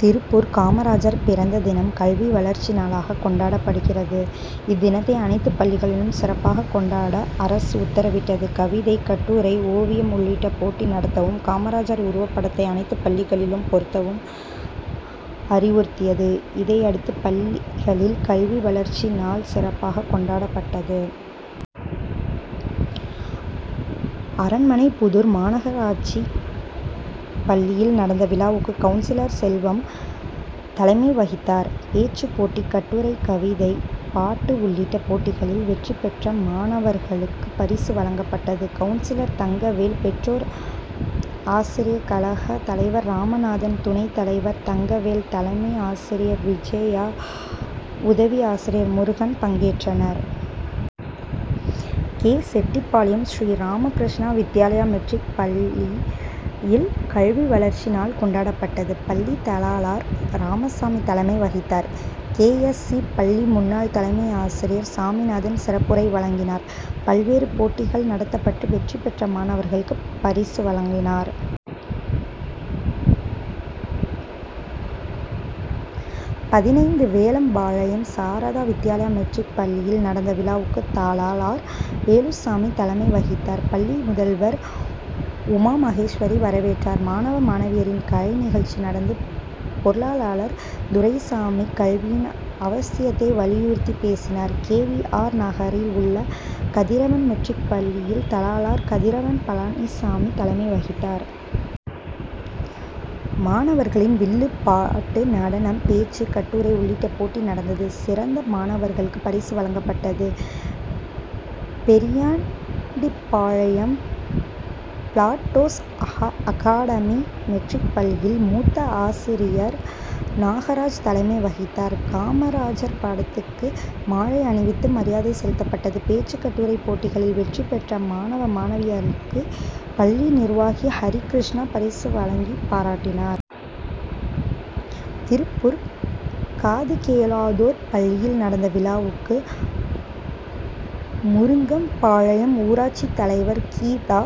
திருப்பூர் காமராஜர் பிறந்த தினம், கல்வி வளர்ச்சி நாளாக கொண்டாடப்படுகிறது. இத்தினத்தை அனைத்து பள்ளிகளிலும் சிறப்பாக கொண்டாட அரசு உத்தரவிட்டது. கவிதை, கட்டுரை, ஓவியம் உள்ளிட்ட போட்டி நடத்தவும்; காமராஜர் உருவப்படத்தை அனைத்து பள்ளிகளிலும் பொருத்தவும் அறிவுறுத்தியது. இதையடுத்து, பள்ளிகளில் கல்வி வளர்ச்சி நாள் சிறப்பாக கொண்டாடப்பட்டது. அரண்மனைப்புதூர் மாநகராட்சி பள்ளியில் நடந்த விழாவுக்கு கவுன்சிலர் செல்வம் தலைமை வகித்தார். பேச்சு போட்டி, கட்டுரை, கவிதை, பாட்டு உள்ளிட்ட போட்டிகளில் வெற்றி பெற்ற மாணவர்களுக்கு பரிசு வழங்கப்பட்டது. கவுன்சிலர் தங்கவேல், பெற்றோர் ஆசிரிய கழக தலைவர் ராமநாதன், துணை தலைவர் தங்கவேல், தலைமை ஆசிரியர் விஜயா, உதவி ஆசிரியர் முருகன் பங்கேற்றனர். கே. செட்டிபாளையம், ஸ்ரீராமகிருஷ்ணா வித்யாலயா மெட்ரிக் பள்ளியில் கல்வி வளர்ச்சி நாள் கொண்டாடப்பட்டது. பள்ளி தாளாளர் ராமசாமி தலைமை வகித்தார். கே. எஸ். சி., பள்ளி முன்னாள் தலைமை ஆசிரியர் சாமிநாதன் சிறப்புரை வழங்கினார். பல்வேறு போட்டிகள் நடத்தப்பட்டு, வெற்றி பெற்ற மாணவர்களுக்கு பரிசு வழங்கினர். பதினைந்து வேலம்பாளையம், சாரதா வித்யாலயா மெட்ரிக் பள்ளியில் நடந்த விழாவுக்கு, தாளாளர் வேலுசாமி தலைமை வகித்தார். பள்ளி முதல்வர் உமா மகேஸ்வரி வரவேற்றார். மாணவ, மாணவியரின் கலை நிகழ்ச்சி நடந்தது. பொருளாளர் துரைசாமி, கல்வியின் அவசியத்தை வலியுறுத்தி பேசினார். கே. வி. ஆர்., நகரில் உள்ள கதிரவன் மெட்ரிக் பள்ளியில் தாளாளர் கதிரவன் பழனிசாமி தலைமை வகித்தார். மாணவர்களின் வில்லு பாட்டு, நடனம், பேச்சு, கட்டுரை உள்ளிட்ட போட்டி நடந்தது. சிறந்த மாணவர்களுக்கு பரிசு வழங்கப்பட்டது. பெரியாண்டிபாளையம் பிளாட்டோஸ் அகாடமி மெட்ரிக் பள்ளியில், மூத்த ஆசிரியர் நாகராஜ் தலைமை வகித்தார். காமராஜர் படத்துக்கு மாலை அணிவித்து மரியாதை செலுத்தப்பட்டது. பேச்சு, கட்டுரை போட்டிகளில் வெற்றி பெற்ற மாணவ, மாணவியருக்கு பள்ளி நிர்வாகி ஹரிகிருஷ்ணன் பரிசு வழங்கி பாராட்டினார். திருப்பூர் காதுகேளாதோர் பள்ளியில் நடந்த விழாவுக்கு, முருங்கம்பாளையம் ஊராட்சி தலைவர் கீதா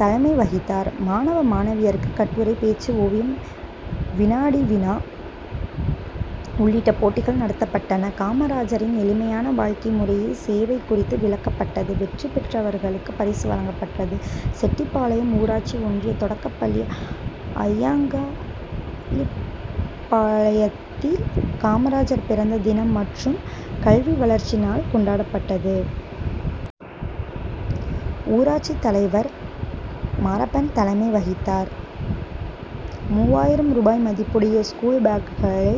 தலைமை வகித்தார். மாணவ, மாணவியருக்கு கட்டுரை, பேச்சு, ஓவியம், வினாடி-வினா உள்ளிட்ட போட்டிகள் நடத்தப்பட்டன. காமராஜரின் எளிமையான வாழ்க்கை முறை, சேவை குறித்து விளக்கப்பட்டது. வெற்றி பெற்றவர்களுக்கு பரிசு வழங்கப்பட்டது. செட்டிபாளையம் ஊராட்சி ஒன்றிய தொடக்கப்பள்ளி அய்யங்காளிபாளையத்தில் காமராஜர் பிறந்த தினம் மற்றும் கல்வி வளர்ச்சி நாள் விழா கொண்டாடப்பட்டது. ஊராட்சி தலைவர் மாரப்பன் தலைமை வகித்தார். மூவாயிரம் ரூபாய் மதிப்புடைய ஸ்கூல் பேக்குகளை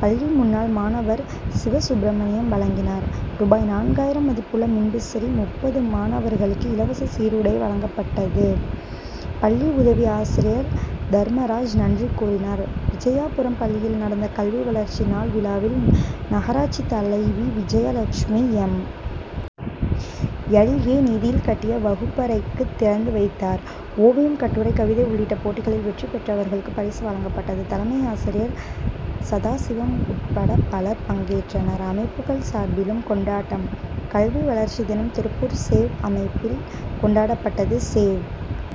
பள்ளி முன்னாள் மாணவர் சிவசுப்ரமணியம் வழங்கினார். ரூபாய் நான்காயிரம் மதிப்புள்ள மின்விசிறி, முப்பது மாணவர்களுக்கு இலவச சீருடை வழங்கப்பட்டது. பள்ளி உதவி ஆசிரியர் தர்மராஜ் நன்றி கூறினர். விஜயாபுரம் பள்ளியில் நடந்த கல்வி வளர்ச்சி நாள் விழாவில், நகராட்சி தலைவி விஜயலட்சுமி, எம். எல். ஏ., நிதியில் கட்டிய வகுப்பறைகளை திறந்து வைத்தார். ஒவியம், கட்டுரை, கவிதை உள்ளிட்ட போட்டிகளில் வெற்றி பெற்றவர்களுக்கு பரிசு வழங்கப்பட்டது. தலைமையாசிரியர் சதாசிவம் உட்பட பலர் பங்கேற்றனர். அமைப்புகள் சார்பிலும் கொண்டாட்டம் கல்வி வளர்ச்சி தினம், திருப்பூர் சேவ் அமைப்பில் கொண்டாடப்பட்டது. சேவ்